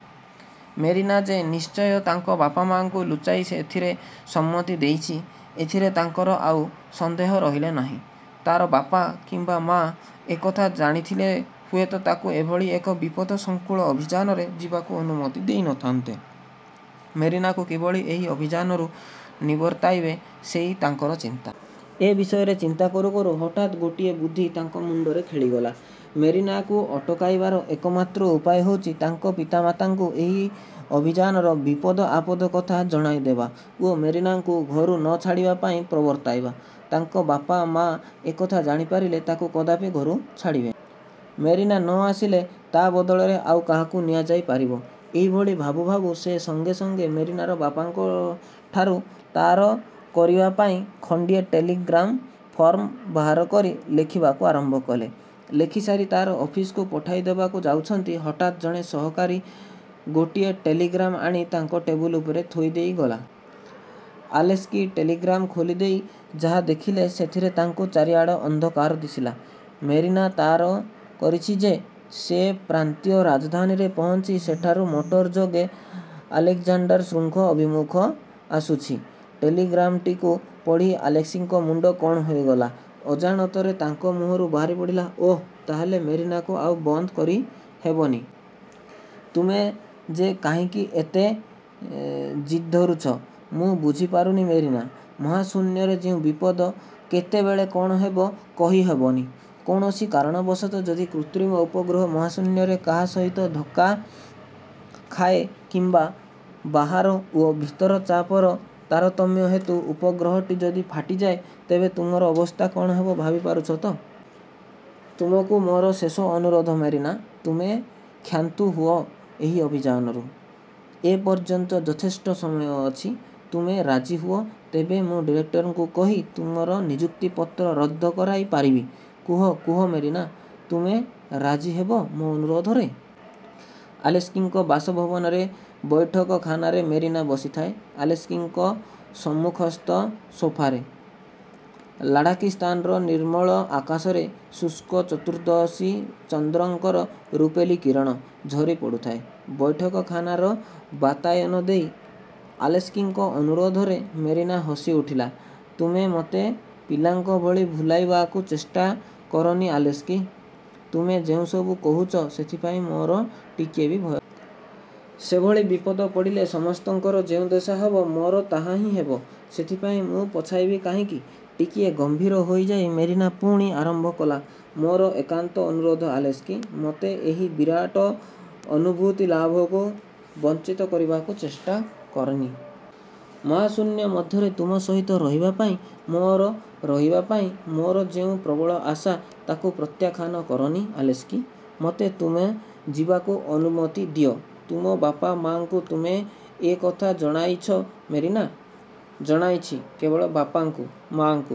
Marina ଯେ ନିଶ୍ଚୟ ତାଙ୍କ ବାପା-ମା'ଙ୍କୁ ଲୁଚାଇ ଏଥିରେ ସମ୍ମତି ଦେଇଛି, ଏଥିରେ ତାଙ୍କର ଆଉ। ସନ୍ଦେହ ରହିଲା ନାହିଁ। ତାର ବାପା କିମ୍ୱା ମା' ଏକଥା ଜାଣିଥିଲେ ହୁଏତ ତାକୁ ଏଭଳି ଏକ ବିପଦ ସଂକୁଳ ଅଭିଯାନରେ ଯିବାକୁ ଅନୁମତି ଦେଇ ନଥାନ୍ତେ। ମେରିନାକୁ କିଭଳି ଏହି ଅଭିଯାନରୁ ନିବର୍ତ୍ତାଇବେ, ସେଇ ତାଙ୍କର ଚିନ୍ତା। ଏ ବିଷୟରେ ଚିନ୍ତା କରୁ କରୁ ହଠାତ୍ ଗୋଟାଏ ବୁଦ୍ଧି ତାଙ୍କ ମୁଣ୍ଡରେ ଖେଳିଗଲା। ମେରିନାକୁ ଅଟକାଇବାର ଏକମାତ୍ର ଉପାୟ ହେଉଛି ତାଙ୍କ ପିତାମାତାଙ୍କୁ ଏହି ଅଭିଯାନର ବିପଦ-ଆପଦ କଥା ଜଣାଇଦେବା ଓ ମେରିନାକୁ ଘରୁ ନ ଛାଡ଼ିବା ପାଇଁ ପ୍ରବର୍ତ୍ତାଇବା। ତାଙ୍କ ବାପା ମା' ଏକଥା ଜାଣିପାରିଲେ ତାକୁ କଦାପି ଘରୁ ଛାଡ଼ିବେନି। ମେରିନା ନ ଆସିଲେ ତା ବଦଳରେ ଆଉ କାହାକୁ ନିଆଯାଇ ପାରିବ। ଏହିଭଳି ଭାବୁ ଭାବୁ ସେ ସଙ୍ଗେ ସଙ୍ଗେ ମେରିନାର ବାପାଙ୍କଠାକୁ ତାର କରିବା ପାଇଁ ଖଣ୍ଡିଏ ଟେଲିଗ୍ରାମ୍ ଫର୍ମ ବାହାରକରି ଲେଖିବାକୁ ଆରମ୍ଭ କଲେ। ଲେଖିସାରି ତାର ଅଫିସକୁ ପଠାଇଦେବାକୁ ଯାଉଛନ୍ତି, ହଠାତ୍ ଜଣେ ସହକାରୀ ଗୋଟିଏ ଟେଲିଗ୍ରାମ୍ ଆଣି ତାଙ୍କ ଟେବୁଲ ଉପରେ ଥୋଇଦେଇ ଗଲା। ଆଲେସ୍କି ଟେଲିଗ୍ରାମ୍କୁ ଖୋଲିଦେଇ ଯାହା ଦେଖିଲେ ସେଥିରେ ତାଙ୍କୁ ଚାରିଆଡ଼ ଅନ୍ଧକାର ଦିଶିଲା। ମେରିନା ତାର କରିଛି ଯେ, ସେ ପ୍ରାନ୍ତୀୟ ରାଜଧାନୀରେ ପହଞ୍ଚି ସେଠାରୁ ମଟରଯୋଗେ ଆଲେକ୍ଜାଣ୍ଡାର ଶୃଙ୍ଗ ଅଭିମୁଖେ ଆସୁଛି-। ଟେଲିଗ୍ରାମ୍ଟିକୁ ପଢ଼ି ଆଲେସ୍କିଙ୍କ ମୁଣ୍ଡ କ'ଣ ହୋଇଗଲା। ଅଜାଣତରେ ତାଙ୍କ ମୁହଁରୁ ବାହାରିପଡ଼ିଲା ''ଓଃ, ତା' ହେଲେ ମେରିନାକୁ ଆଉ ବନ୍ଦ କରି ହେବନି। '' ''ତୁମେ ଯେ କାହିଁକି ଏତେ ଜିଦ୍ଧରୁଛ, ମୁଁ ବୁଝିପାରୁନି ମେରିନା! ମହାଶୂନ୍ୟରେ ଯେଉଁ ବିପଦ, କେତେବେଳେ କ'ଣ ହେବ କହି ହେବନି। କୌଣସି କାରଣବଣତଃ ଯଦି କୃତ୍ରିମ ଉପଗ୍ରହ ମହାଶୂନ୍ୟରେ କାହା ସହିତ ଧକ୍କା ଖାଏ କିମ୍ୱା ବାହାର ଓ ଭିତର ଚାପର ତାରତମ୍ୟ ହେତୁ ଉପଗ୍ରହଟି ଯଦି ଫାଟିଯାଏ, ତେବେ ତୁମର ଅବସ୍ଥା କଅଣ ହେବ ଭାବିପାରୁଛ ତ? ତୁମକୁ ମୋର ଶେଷ ଅନୁରୋଧ ମେରିନା, ତୁମେ କ୍ଷାନ୍ତ ହୁଅ ଏହି ଅଭିଯାନରୁ। ଏପର୍ଯ୍ୟନ୍ତ ଯଥେଷ୍ଟ ସମୟ ଅଛି। ତୁମେ ରାଜି ହୁଅ, ତେବେ ମୁଁ ଡିରେକ୍ଟରଙ୍କୁ କହି ତୁମର ନିଯୁକ୍ତିପତ୍ର ରଦ୍ଦ କରାଇ ପାରିବି। କୁହ, କୁହ, ମେରିନା! ତୁମେ ରାଜି ହେବ ମୋ ଅନୁରୋଧରେ? '' ଆଲେସ୍କିଙ୍କ ବାସଭବନର ବୈଠକଖାନାରେ ମେରିନା ବସିଥାଏ ଆଲେସ୍କିଙ୍କ ସମ୍ମୁଖସ୍ଥ ସୋଫାରେ। ଲାଢ଼ାକିସ୍ଥାନର ନିର୍ମ୍ମଳ ଆକାଶରେ ଶୁକ୍ଳ ଚତୁର୍ଦ୍ଦଶୀ ଚନ୍ଦ୍ରଙ୍କର ରୁପେଲି କିରଣ ଝରିପଡ଼ୁଥାଏ ବୈଠକଖାନାର ବାତାୟନ ଦେଇ। ଆଲେସ୍କିଙ୍କ ଅନୁରୋଧରେ ମେରିନା ହସିଉଠିଲା–''ତୁମେ ମୋତେ ପିଲାଙ୍କଭଳି ଭୁଲାଇବାକୁ ଚେଷ୍ଟା କରନି ଆଲେସ୍କି! ତୁମେ ଯେଉଁସବୁ କହୁଛ ସେଥିପାଇଁ ମୋର ଟିକିଏ ବି ଭୟ ନାହିଁ। ସେଭଳି ବିପଦ ପଡ଼ିଲେ, ସମସ୍ତଙ୍କର ଯେଉଁ ଦଶା ହେବ, ମୋର ତାହାହିଁ ହେବ ସେଥିପାଇଁ ମୁଁ ପଛାଇବି କାହିଁକି? '' ଟିକିଏ ଗମ୍ଭୀର ହୋଇଯାଇ ମେରିନା ପୁଣି ଆରମ୍ଭ କଲା, ''ମୋର ଏକାନ୍ତ ଅନୁରୋଧ ଆଲେସ୍କି, ମୋତେ ଏହି ବିରାଟ ଅନୁଭୂତିଲାଭରୁ ବଞ୍ଚିତ କରିବାକୁ ଚେଷ୍ଟା କରିନି। ମହାଶୂନ୍ୟ ମଧ୍ୟରେ ତୁମ ସହିତ ରହିବାପାଇଁ ମୋର ରହିବାପାଇଁ ମୋର ଯେଉଁ ପ୍ରବଳ ଆଶା, ତା'କୁ ପ୍ରତ୍ୟାଖ୍ୟାନ କରନି ଆଲେସ୍କି-! ମୋତେ ତୁମ ଯିବାକୁ ଅନୁମତି ଦିଅ। '' ''ତୁମ ବାପା ମା'ଙ୍କୁ ତୁମେ ଏ କଥା ଜଣାଇଛ ମେରିନା? '' ''ଜଣାଇଛି, କେବଳ ବାପାଙ୍କୁ, ମା'କୁ